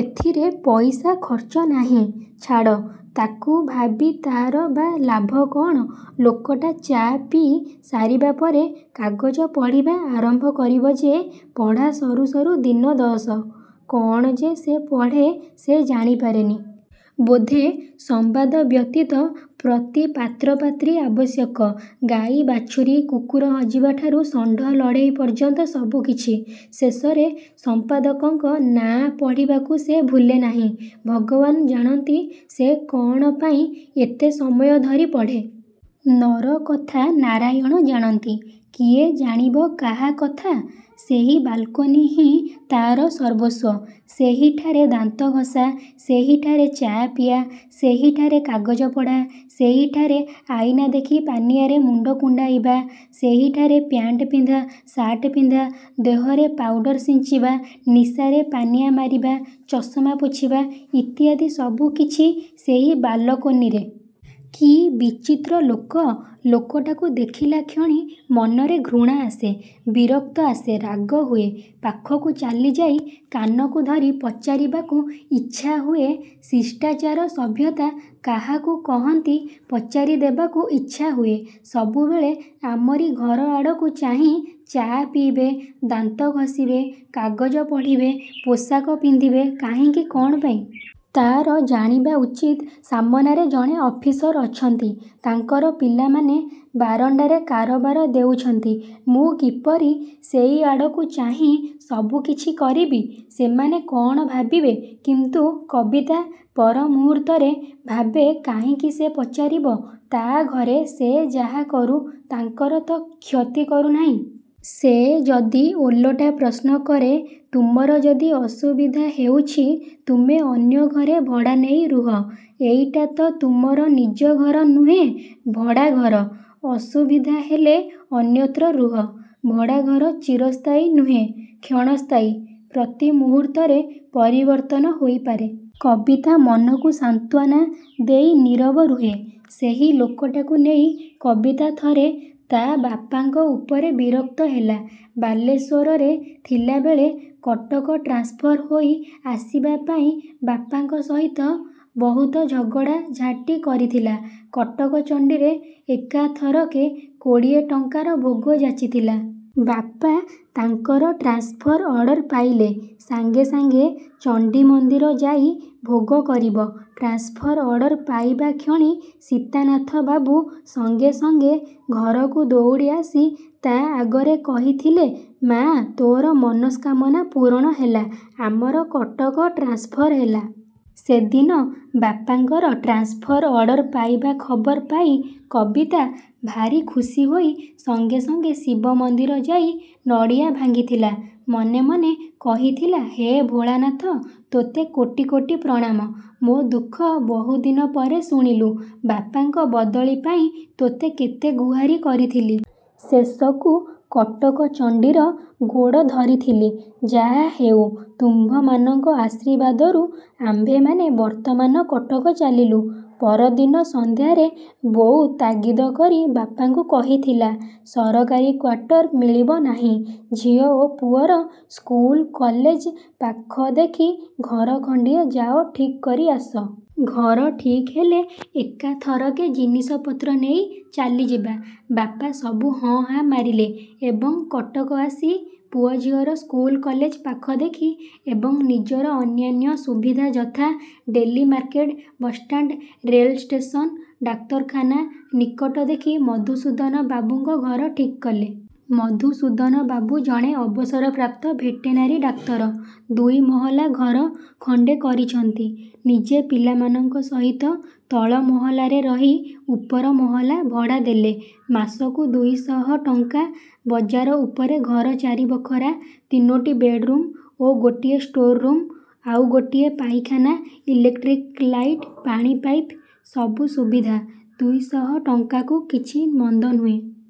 ଏଥିରେ ପଇସା ଖର୍ଚ୍ଚ ନାହିଁ। ଛାଡ଼, ତା'କୁ ଭାବି ତା'ର ବା ଲାଭ କ'ଣ। ଲୋକଟା ଚା' ପିଇ ସାରିବା ପରେ କାଗଜ ପଢ଼ିବା ଆରମ୍ଭ କରିବ ଯେ, ପଢ଼ା ସରୁ ସରୁ ଦିନ ଦଶ। କ'ଣ ଯେ ସେ ପଢ଼େ ସେ ଜାଣି ପାରେନି। ବୋଧେ ସମ୍ୱାଦ ବ୍ୟତୀତ, ପ୍ରତି ପାତ୍ର ପାତ୍ରୀ ଆବଶ୍ୟକ, ଗାଈ ବାଛୁରୀ, କୁକୁର ହଜିବା ଠାରୁ ଷଣ୍ଡ ଲଢ଼େଇ ପର୍ଯ୍ୟନ୍ତ ସବୁ କିଛି। ଶେଷରେ ସମ୍ପାଦକଙ୍କ ନାଁ ପଢ଼ିବାକୁ ସେ ଭୁଲେ ନାହିଁ। ଭଗବାନ ଜାଣନ୍ତି ସେ କ'ଣ ପାଇଁ ଏତେ ସମୟ ଧରି ପଢ଼େ। ନରକଥା ନାରାୟଣ ଜାଣନ୍ତି। କିଏ ଜାଣିବ କାହା କଥା। ସେହି ବାଲ୍କୋନି ହିଁ ତା'ର ସର୍ବସ୍ୱ। ସେହିଠାରେ ଦାନ୍ତଘଷା, ସେହିଠାରେ ଚା' ପିଆ, ସେହିଠାରେ କାଗଜ ପଢ଼ା, ସେହିଠାରେ ଆଇନା ଦେଖି ପାନିଆରେ ମୁଣ୍ଡ କୁଣ୍ଡାଇବା, ସେହିଠାରେ ପ୍ୟାଣ୍ଟ ପିନ୍ଧା, ସାଟ୍ ପିନ୍ଧା ଦେହରେ ପାଉଡ଼ର ସିଞ୍ଚିବା, ନିଶାରେ ପାନିଆ ମାରିବା, ଚଷମା ପୋଛିବା, ଇତ୍ୟାଦି ସବୁକିଛି ସେହି ବାଲକୋନିରେ। କି ବିଚିତ୍ର ଲୋକ। ଲୋକଟାକୁ ଦେଖିଲାକ୍ଷଣି ମନରେ ଘୃଣା ଆସେ। ବିରକ୍ତ ଆସେ, ରାଗ ହୁଏ। ପାଖକୁ ଚାଲିଯାଇ କାନକୁ ଧରି ପଚାରିବାକୁ ଇଚ୍ଛା ହୁଏ। ଶିଷ୍ଟାଚାର ସଭ୍ୟତା କାହାକୁ କହନ୍ତି ପଚାରି ଦେବାକୁ ଇଚ୍ଛା ହୁଏ? ସବୁବେଳେ ଆମରି ଘରଆଡ଼କୁ ଚାହିଁ ଚା ପିଇବେ, ଦାନ୍ତ ଘଷିବେ, କାଗଜ ପଢ଼ିବେ, ପୋଷାକ ପିନ୍ଧିବେ, କାହିଁକି କ'ଣ ପାଇଁ। ତା'ର ଜାଣିବା ଉଚିତ ସାମନାରେ ଜଣେ ଅଫିସର ଅଛନ୍ତି। ତାଙ୍କର ପିଲାମାନେ ବାରଣ୍ଡାରେ କାରବାର ହେଉଛନ୍ତି। ମୁଁ କିପରି ସେଇ ଆଡ଼କୁ ଚାହିଁ ସବୁକିଛି କରିବି? ସେମାନେ କ'ଣ ଭାବିବେ? କିନ୍ତୁ କବିତା ପର ମୁହୂର୍ତ୍ତରେ ଭାବେ କାହିଁକି ସେ ପଚାରିବ? ତା' ଘରେ ସେ ଯାହାକରୁ ତାଙ୍କର ତ କ୍ଷତି କରୁନାହିଁ। ସେ ଯଦି ଓଲଟା ପ୍ରଶ୍ନ କରେ ତୁମର ଯଦି ଅସୁବିଧା ହେଉଛି ତୁମେ ଅନ୍ୟ ଘରେ ଭଡ଼ା ନେଇ ରୁହ। ଏଇଟା ତ ତୁମର ନିଜ ଘର ନୁହେଁ, ଭଡ଼ାଘର। ଅସୁବିଧା ହେଲେ ଅନ୍ୟତ୍ର ରୁହ। ଭଡ଼ାଘର ଚିରସ୍ଥାୟୀ ନୁହେଁ। କ୍ଷଣସ୍ଥାୟୀ। ପ୍ରତି ମୁହୂର୍ତ୍ତରେ ପରିବର୍ତ୍ତନ ହୋଇପାରେ। କବିତା ମନକୁ ସାନ୍ତ୍ୱନା ଦେଇ ନୀରବ ରୁହେ। ସେହି ଲୋକଟାକୁ ନେଇ କବିତା ଥରେ ତା' ବାପାଙ୍କ ଉପରେ ବିରକ୍ତ ହେଲା। ବାଲେଶ୍ୱରରେ ଥିଲାବେଳେ କଟକ ଟ୍ରାନ୍ସଫର ହୋଇ ଆସିବା ପାଇଁ ବାପାଙ୍କ ସହିତ ବହୁତ ଝଗଡ଼ାଝାଟି କରିଥିଲା। କଟକଚଣ୍ଡୀରେ ଏକାଥରକେ କୋଡ଼ିଏ ଟଙ୍କାର ଭୋଗ ଯାଚିଥିଲା। ବାପା ତାଙ୍କର ଟ୍ରାନ୍ସଫର ଅର୍ଡର ପାଇଲେ ସାଙ୍ଗେ ସାଙ୍ଗେ ଚଣ୍ଡୀ ମନ୍ଦିର ଯାଇ ଭୋଗ କରିବ। ଟ୍ରାନ୍ସଫର ଅର୍ଡର ପାଇବା କ୍ଷଣି ସୀତାନାଥବାବୁ ସଙ୍ଗେ ସଙ୍ଗେ ଘରକୁ ଦୌଡ଼ି ଆସି ତା' ଆଗରେ କହିଥିଲେ, ମା' ତୋର ମନସ୍କାମନା ପୂରଣ ହେଲା। ଆମର କଟକ ଟ୍ରାନ୍ସଫର ହେଲା। ସେଦିନ ବାପାଙ୍କର ଟ୍ରାନ୍ସଫର ଅର୍ଡର ପାଇବା ଖବର ପାଇ କବିତା ଭାରି ଖୁସିହୋଇ ସଙ୍ଗେ ସଙ୍ଗେ ଶିବ ମନ୍ଦିର ଯାଇ ନଡ଼ିଆ ଭାଙ୍ଗିଥିଲା। ମନେମନେ କହିଥିଲା ହେ ଭୋଳାନାଥ ତୋତେ କୋଟି କୋଟି ପ୍ରଣାମ। ମୋ ଦୁଃଖ ବହୁଦିନ ପରେ ଶୁଣିଲୁ। ବାପାଙ୍କ ବଦଳି ପାଇଁ ତୋତେ କେତେ ଗୁହାରି କରିଥିଲି। ଶେଷକୁ କଟକଚଣ୍ଡୀର ଗୋଡ଼ ଧରିଥିଲି। ଯାହାହେଉ ତୁମ୍ଭମାନଙ୍କ ଆଶୀର୍ବାଦରୁ ଆମ୍ଭେମାନେ ବର୍ତ୍ତମାନ କଟକ ଚାଲିଲୁ। ପରଦିନ ସନ୍ଧ୍ୟାରେ ବୋଉ ତାଗିଦ କରି ବାପାଙ୍କୁ କହିଥିଲା-ସରକାରୀ କ୍ୱାଟର ମିଳିବ ନାହିଁ, ଝିଅ ଓ ପୁଅର ସ୍କୁଲ କଲେଜ ପାଖ ଦେଖି ଘର ଖଣ୍ଡିଏ ଯାଅ ଠିକ୍ କରି ଆସ। ଘର ଠିକ୍ ହେଲେ ଏକାଥରକେ ଜିନିଷପତ୍ର ନେଇ ଚାଲିଯିବା। ବାପା ସବୁ ହଁ ହାଁ ମାରିଲେ ଏବଂ କଟକ ଆସି ପୁଅ ଝିଅର ସ୍କୁଲ କଲେଜ ପାଖ ଦେଖି ଏବଂ ନିଜର ଅନ୍ୟାନ୍ୟ ସୁବିଧା ଯଥା-ଡେଲି ମାର୍କେଟ, ବସ୍ଷ୍ଟାଣ୍ଡ, ରେଲ୍ ଷ୍ଟେସନ, ଡାକ୍ତରଖାନା ନିକଟ ଦେଖି ମଧୁସୂଦନବାବୁଙ୍କ ଘର ଠିକ୍ କଲେ। ମଧୁସୂଦନବାବୁ ଜଣେ ଅବସରପ୍ରାପ୍ତ ଭେଟେନାରୀ ଡାକ୍ତର। ଦୁଇ ମହଲା ଘର ଖଣ୍ଡେ କରିଛନ୍ତି। ନିଜେ ପିଲାମାନଙ୍କ ସହିତ ତଳ ମହଲାରେ ରହି ଉପର ମହଲା ଭଡ଼ା ଦେଲେ। ମାସକୁ ଦୁଇଶହ ଟଙ୍କା। ବଜାର ଉପରେ ଘର ଚାରି ବଖରା, ତିନୋଟି ବେଡ୍ ରୁମ୍ ଓ ଗୋଟିଏ ଷ୍ଟୋର୍ ରୁମ୍, ଆଉ ଗୋଟିଏ ପାଇଖାନା, ଇଲେକ୍ଟ୍ରିକ୍ ଲାଇଟ୍, ପାଣି ପାଇପ୍, ସବୁ ସୁବିଧା। ଦୁଇଶହ ଟଙ୍କାକୁ କିଛି ମନ୍ଦ ନୁହେଁ।